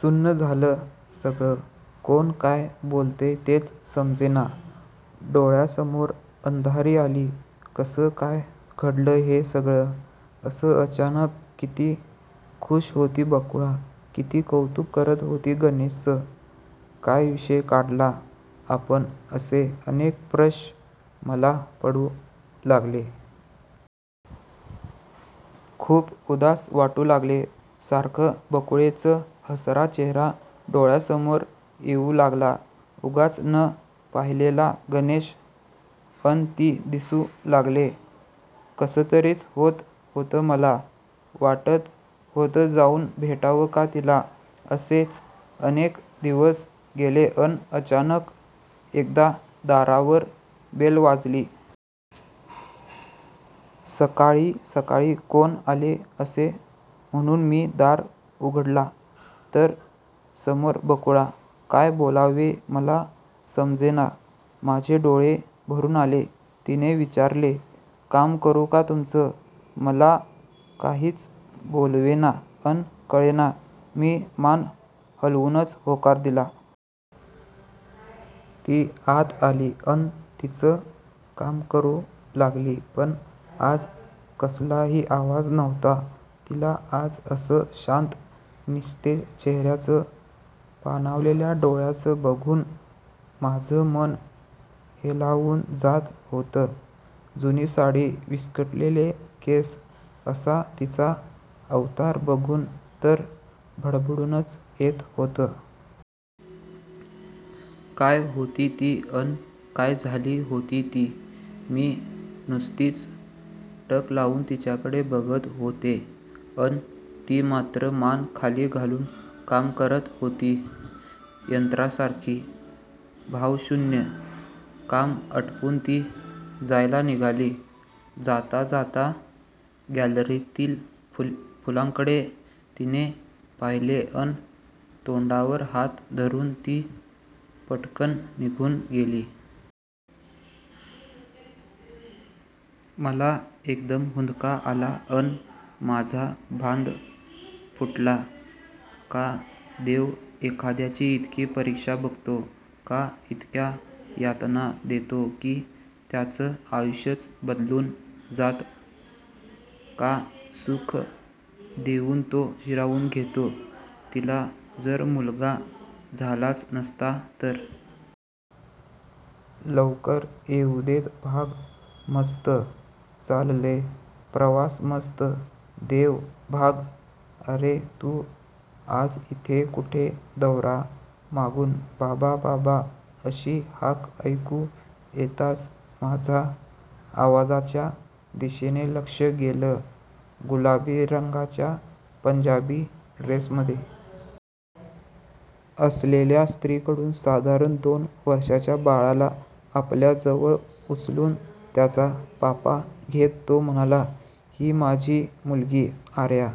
सुन्न झालं सगळं. कोण काय बोलतंय तेच समजेना. डोळ्यासमोर अंधारी आली. कसं काय घडलं हे सगळं असं अचानक? किती खूष होती, बकुळा? किती कौतुक करत होती गणेशाचं? का विषय काढला आपण? असें अनेक प्रश मला पडू लागले. खूप उदास वाटू लागले. सारखा बकुळेच हसरा चेहरा डोळ्यासमोर येऊ लागला. उगाच न पाहिलेला गणेश अन ती दिसू लागले. कसंतरीच होत होत मला. वाटत होत जाऊन भेटावं का तिला? असेच अनेक दिवस गेलें अन अचानक एकदा दारावर बेल वाजली. सकाळी सकाळी कोण आले असेल म्हणून मी दार उघडला तर समोर बकुळा! काय बोलावें मला समजेना. माझे डोळे भरून आले. तिने विचारले," काम करू का तुमचं? " मला काहींचं बोलवेना अन कळेना. मी मान हलवूनच होकार दिला. ती आत आली अन तिचं काम करू लागली पण आज कसलाही आवाज नव्हता. तिला आज असं शांत, निस्तेज चेहऱ्यांच, पाणावलेल्या डोळयांच बघून माझं मन हेलावून जात होत. जुनी साडी, विस्कटलेले केस असा तिचा अवतार बघून तर भडभडूनच येत होत. काय होती ती अन काय झाली होती ती. मी नुसतीच टक लावून तिच्याकडे बघत होते अन ती मात्र मान खाली घालून काम करत होती यंत्रासारखी.. भावनाशून्य..! काम आटपून ती जायला निघाली. जाताजाता गॅलरीतील फुलांकडे तिने पहिले अन तोंडावर हात धरून ती पटकन निघून गेली. मला एकदम हुंदका आला अन माझा बांध फुटाला. "का देव एखाद्याची इतकी परीक्षा बघतो? का इतक्या यातना देतो कि त्याच आयुष्याचं बदलून जात? का सुख देऊन तो हिरावून घेतो? तिला जर मुलगा झालाच नसता तर. लवकर येउदेत भाग. मस्त चाललाय प्रवासमस्त! दैव भाग " अरे.. तू! आज इथे कुठे दौरा? "मागून ' बाबा- बाबा ' अशी हाक ऐकू येताच माझं आवाजाच्या दिशेने लक्ष गेलं. गुलाबी रंगाच्या पंजाबी ड्रेसमध्ये असलेल्या स्त्रीकडून साधारण दोन वर्षाच्या बाळाला आपल्याजवळ उचलुन त्याचा पापा घेत तो म्हणाला, " ही माझी मुलगीआर्या